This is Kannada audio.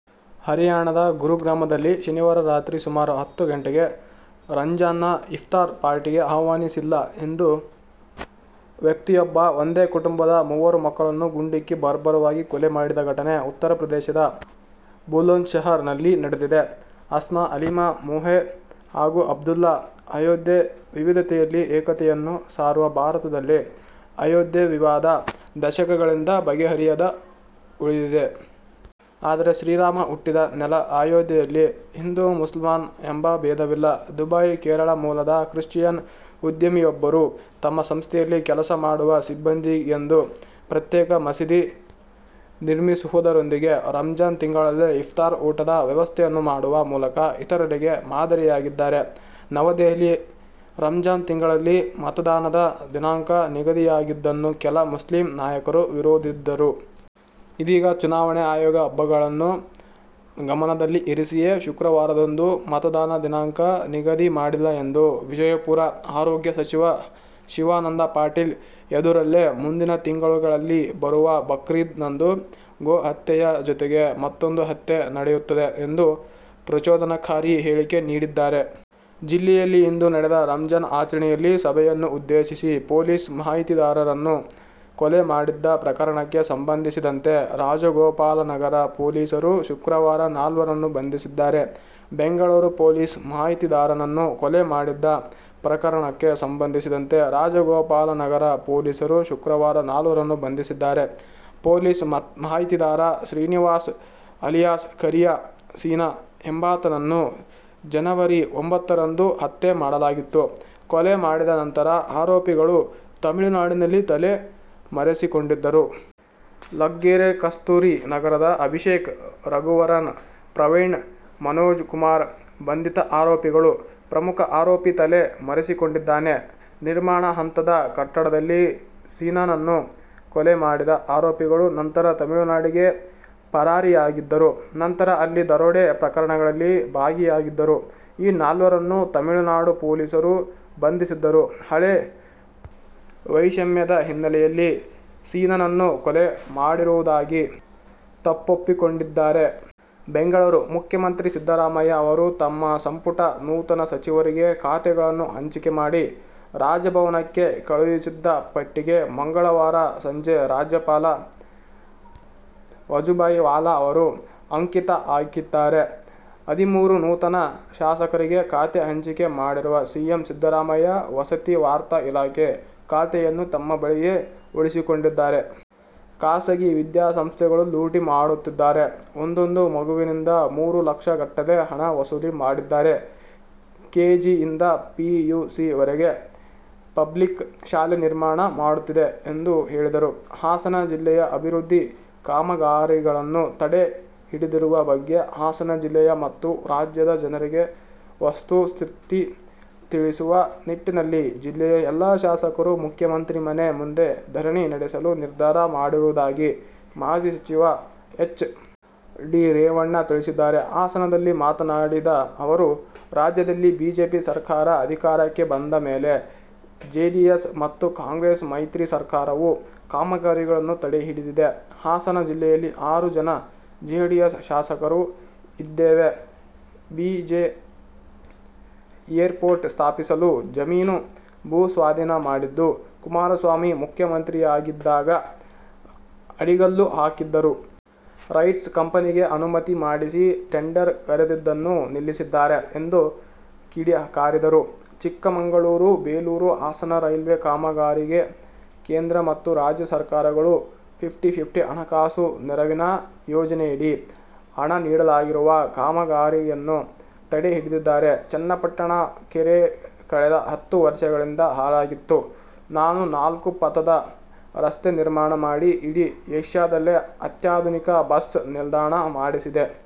ಹರಿಯಾಣದ ಗುರುಗ್ರಾಮದಲ್ಲಿ ಶನಿವಾರ ರಾತ್ರಿ ಸುಮಾರು ಹತ್ತು ಗಂಟೆಗೆ ರಂಜಾನ್ನ ಇಫ್ತಾರ್ ಪಾರ್ಟಿಗೆ ಆಹ್ವಾನಿಸಿಲ್ಲ ಎಂದು ವ್ಯಕ್ತಿಯೊಬ್ಬ ಒಂದೇ ಕುಟುಂಬದ ಮೂವರು ಮಕ್ಕಳನ್ನು ಗುಂಡಿಕ್ಕಿ ಬರ್ಬರವಾಗಿ ಕೊಲೆ ಮಾಡಿದ ಘಟನೆ ಉತ್ತರ ಪ್ರದೇಶದ ಬುಲಂದ್ಶಹರ್ ನಲ್ಲಿ ನಡೆದಿದೆ. ಆಸ್ಮಾ, ಅಲೀಮಾ ಮೋಹೆ ಹಾಗೂ ಅಬ್ದುಲ್ಲಾ ಅಯೋಧ್ಯೆ: ವಿವಿಧತೆಯಲ್ಲಿ ಏಕತೆಯನ್ನು ಸಾರುವ ಭಾರತದಲ್ಲಿ ಅಯೋಧ್ಯೆ ವಿವಾದ ದಶಕಗಳಿಂದ ಬಗೆಹರಿಯದೆ ಉಳಿದಿದೆ. ಆದರೆ ಶ್ರೀರಾಮ ಹುಟ್ಟಿದ ನೆಲ ಅಯೋಧ್ಯೆಯಲ್ಲಿ ಹಿಂದೂ-ಮುಸಲ್ಮಾನ್ ಎಂಬ ಭೇದವಿಲ್ಲ. ದುಬೈ: ಕೇರಳ ಮೂಲದ ಕ್ರಿಶ್ಚಿಯನ್ ಉದ್ಯಮಿಯೊಬ್ಬರು ತಮ್ಮ ಸಂಸ್ಥೆಯಲ್ಲಿ ಕೆಲಸ ಮಾಡುವ ಸಿಬ್ಬಂದಿಗೆಂದು ಪ್ರತ್ಯೇಕ ಮಸೀದಿ ನಿರ್ಮಿಸುವುದರೊಂದಿಗೆ ರಂಜಾನ್ ತಿಂಗಳಲ್ಲಿ ಇಫ್ತಾರ್ ಊಟದ ವ್ಯವಸ್ಥೆಯನ್ನು ಮಾಡುವ ಮೂಲಕ ಇತರರಿಗೆ ಮಾದರಿಯಾಗಿದ್ದಾರೆ. ನವದೆಹಲಿ: ರಂಜಾನ್ ತಿಂಗಳಲ್ಲಿ ಮತದಾನದ ದಿನಾಂಕ ನಿಗದಿಯಾಗಿದ್ದನ್ನು ಕೆಲ ಮುಸ್ಲಿಂ ನಾಯಕರು ವಿರೋಧಿದ್ದರು. ಇದೀಗ ಚುನಾವಣೆ ಆಯೋಗ ಹಬ್ಬಗಳನ್ನು ಗಮನದಲ್ಲಿ ಇರಿಸಿಯೇ ಶುಕ್ರವಾರದಂದು ಮತದಾನ ದಿನಾಂಕ ನಿಗದಿ ಮಾಡಿಲ್ಲ ಎಂದು. ವಿಜಯಪುರ: ಆರೋಗ್ಯ ಸಚಿವ ಶಿವಾನಂದ ಪಾಟಿಲ್ ಎದುರಲ್ಲೇ ಮುಂದಿನ ತಿಂಗಳುಗಳಲ್ಲಿ ಬರುವ ಬಕ್ರೀದ್ ನಂದು ಗೋ ಹತ್ಯೆಯ ಜೊತೆಗೆ ಮತ್ತೊಂದು ಹತ್ಯೆ ನಡೆಯುತ್ತದೆ ಎಂದು ಪ್ರಚೋದನಾಕಾರಿ ಹೇಳಿಕೆ ನೀಡಿದ್ದಾರೆ. ಜಿಲ್ಲೆಯಲ್ಲಿ ಇಂದು ನಡೆದ ರಂಜಾನ್ ಆಚರಣೆಯಲ್ಲಿ ಸಭೆಯನ್ನು ಉದ್ದೇಶಿಸಿ ಪೊಲೀಸ್ ಮಾಹಿತಿದಾರನನ್ನು ಕೊಲೆ ಮಾಡಿದ್ದ ಪ್ರಕರಣಕ್ಕೆ ಸಂಬಂಧಿಸಿದಂತೆ ರಾಜಗೋಪಾಲನಗರ ಪೊಲೀಸರು ಶುಕ್ರವಾರ ನಾಲ್ವರನ್ನು ಬಂಧಿಸಿದ್ದಾರೆ. ಬೆಂಗಳೂರು: ಪೊಲೀಸ್ ಮಾಹಿತಿದಾರನನ್ನು ಕೊಲೆ ಮಾಡಿದ್ದ ಪ್ರಕರಣಕ್ಕೆ ಸಂಬಂಧಿಸಿದಂತೆ ರಾಜಗೋಪಾಲನಗರ ಪೊಲೀಸರು ಶುಕ್ರವಾರ ನಾಲ್ವರನ್ನು ಬಂಧಿಸಿದ್ದಾರೆ. ಪೊಲೀಸ್ ಮಾಹಿತಿದಾರ ಶ್ರೀನಿವಾಸ್ ಅಲಿಯಾಸ್ ಕರಿಯ ಸೀನ ಎಂಬಾತನನ್ನು ಜನವರಿ ಒಂಭತ್ತರಂದು ಹತ್ಯೆ ಮಾಡಲಾಗಿತ್ತು, ಕೊಲೆ ಮಾಡಿದ ನಂತರ ಆರೋಪಿಗಳು ತಮಿಳುನಾಡಿನಲ್ಲಿ ತಲೆ ಮರೆಸಿಕೊಂಡಿದ್ದರು. ಲಗ್ಗೆರೆ ಕಸ್ತೂರಿ ನಗರದ ಅಭಿಷೇಕ್, ರಘುವರನ್, ಪ್ರವೀಣ್, ಮನೋಜ್ ಕುಮಾರ್ ಬಂಧಿತ ಆರೋಪಿಗಳು, ಪ್ರಮುಖ ಆರೋಪಿ ತಲೆ ಮರೆಸಿಕೊಂಡಿದ್ದಾನೆ. ನಿರ್ಮಾಣ ಹಂತದ ಕಟ್ಟಡದಲ್ಲಿ ಸೀನನನ್ನು ಕೊಲೆ ಮಾಡಿದ ಆರೋಪಿಗಳು ನಂತರ ತಮಿಳುನಾಡಿಗೆ ಪರಾರಿಯಾಗಿದ್ದರು. ನಂತರ ಅಲ್ಲಿ ದರೋಡೆ ಪ್ರಕರಣಗಳಲ್ಲಿ ಭಾಗಿಯಾಗಿದ್ದರು. ಈ ನಾಲ್ವರನ್ನು ತಮಿಳುನಾಡು ಪೊಲೀಸರು ಬಂಧಿಸಿದ್ದರು, ಹಳೇ ವೈಷಮ್ಯದ ಹಿನ್ನೆಲೆಯಲ್ಲಿ ಸೀನನನ್ನು ಕೊಲೆ ಮಾಡಿರುವುದಾಗಿ ತಪ್ಪೊಪ್ಪಿಕೊಂಡಿದ್ದಾರೆ. ಬೆಂಗಳೂರು: ಮುಖ್ಯಮಂತ್ರಿ ಸಿದ್ದರಾಮಯ್ಯ ಅವರು ತಮ್ಮ ಸಂಪುಟ ನೂತನ ಸಚಿವರಿಗೆ ಖಾತೆಗಳನ್ನು ಹಂಚಿಕೆ ಮಾಡಿ ರಾಜಭವನಕ್ಕೆ ಕಳುಹಿಸಿದ್ದ ಪಟ್ಟಿಗೆ ಮಂಗಳವಾರ ಸಂಜೆ ರಾಜ್ಯಪಾಲ ವಜುಭಾಯಿ ವಾಲಾ ಅವರು ಅಂಕಿತ ಹಾಕಿದ್ದಾರೆ. ಹದಿಮೂರು ನೂತನ ಶಾಸಕರಿಗೆ ಖಾತೆ ಹಂಚಿಕೆ ಮಾಡಿರುವ ಸಿಎಂ ಸಿದ್ದರಾಮಯ್ಯ ವಸತಿ, ವಾರ್ತಾ ಇಲಾಖೆ ಖಾತೆಯನ್ನು ತಮ್ಮ ಬಳಿಯೇ ಉಳಿಸಿಕೊಂಡಿದ್ದಾರೆ. ಖಾಸಗಿ ವಿದ್ಯಾಸಂಸ್ಥೆಗಳು ಲೂಟಿ ಮಾಡುತ್ತಿದ್ದಾರೆ. ಒಂದೊಂದು ಮಗುವಿನಿಂದ ಮೂರು ಲಕ್ಷ ಗಟ್ಟಲೆ ಹಣ ವಸೂಲಿ ಮಾಡಿದ್ದಾರೆ. ಕೆ. ಜಿ ಯಿಂದ ಪಿ. ಯು. ಸಿ ವರೆಗೆ ಪ್ಲಬಿಕ್ ಶಾಲೆ ನಿರ್ಮಾಣ ಮಾಡುತ್ತಿದ್ದೆ ಎಂದು ಹೇಳಿದರು. ಹಾಸನ; ಜಿಲ್ಲೆಯ ಅಭಿವೃದ್ಧಿ ಕಾಮಗಾರಿಗಳನ್ನು ತಡೆ ಹಿಡಿದಿರುವ ಬಗ್ಗೆ ಹಾಸನ ಜಿಲ್ಲೆಯ ಮತ್ತು ರಾಜ್ಯದ ಜನರಿಗೆ ವಸ್ತುಸ್ಥಿತಿ ತಿಳಿಸುವ ನಿಟ್ಟಿನಲ್ಲಿ ಜಿಲ್ಲೆಯ ಎಲ್ಲಾ ಶಾಸಕರು ಮುಖ್ಯಮಂತ್ರಿ ಮನೆ ಮುಂದೆ ದರಣಿ ನಡೆಸಲು ನಿರ್ಧಾರ ಮಾಡಿರುವುದಾಗಿ ಮಾಜಿ ಸಚಿವ ಹೆಚ್. ಡಿ. ರೇವಣ್ಣ ತಿಳಿಸಿದ್ದಾರೆ. ಹಾಸನದಲ್ಲಿ ಮಾತನಾಡಿದ ಅವರು, ರಾಜ್ಯದಲ್ಲಿ ಬಿಜೆಪಿ ಸರಕಾರ ಅಧಿಕಾರಕ್ಕೆ ಬಂದ ಮೇಲೆ ಜೆಡಿಎಸ್ ಮತ್ತು ಕಾಂಗ್ರೆಸ್ ಮೈತ್ರಿ ಸರ್ಕಾರವು ಕಾಮಗಾರಿಗಳನ್ನು ತಡೆಹಿಡಿದಿದೆ. ಹಾಸನ ಜಿಲ್ಲೆಯಲ್ಲಿ ಆರು ಜನ ಜೆಡಿಎಸ್ ಶಾಸಕರು ಇದ್ದೇವೆ. ಬಿ. ಜೆ. ಏರ್ ಪೋರ್ಟ್ ಸ್ಥಾಪಿಸಲು ಜಮೀನು ಭೂ ಸ್ವಾಧೀನ ಮಾಡಿದ್ದು, ಕುಮಾರಸ್ವಾಮಿ ಮುಖ್ಯಮಂತ್ರಿಯಾಗಿದ್ದಾಗ ಅಡಿಗಲ್ಲು ಹಾಕಿದ್ದರು. ರೈಟ್ಸ್ ಕಂಪನಿಗೆ ಅನುಮತಿ ಮಾಡಿಸಿ ಟೆಂಡರ್ ಕರೆದಿದ್ದನ್ನು ನಿಲ್ಲಿಸಿದ್ದಾರೆ ಎಂದು ಕಿಡಿಕಾರಿದರು. ಚಿಕ್ಕಮಗಳೂರು-ಬೇಲೂರು-ಹಾಸನ ರೈಲ್ವೆ ಕಾಮಗಾರಿಗೆ ಕೇಂದ್ರ ಮತ್ತು ರಾಜ್ಯ ಸರ್ಕಾರಗಳು ಫಿಫ್ಟಿ:ಫಿಫ್ಟಿ ಹಣಕಾಸು ನೆರವಿನ ಯೋಜನೆಯಡಿ ಹಣ ನೀಡಲಾಗಿರುವ ಕಾಮಗಾರಿಯನ್ನು ತಡೆಹಿಡಿದಿದ್ದಾರೆ. ಚನ್ನಪಟ್ಟಣ ಕೆರೆ ಕಳೆದ ಹತ್ತು ವರ್ಷಗಳಿಂದ ಹಾಳಾಗಿತ್ತು. ನಾನು ನಾಲ್ಕು ಪಥದ ರಸ್ತೆ ನಿರ್ಮಾಣ ಮಾಡಿ, ಇಡೀ ಎಷ್ಯಾದಲ್ಲೇ ಅತ್ಯಾಧುನಿಕ ಬಸ್ ನಿಲ್ದಾಣ ಮಾಡಿಸಿದೆ.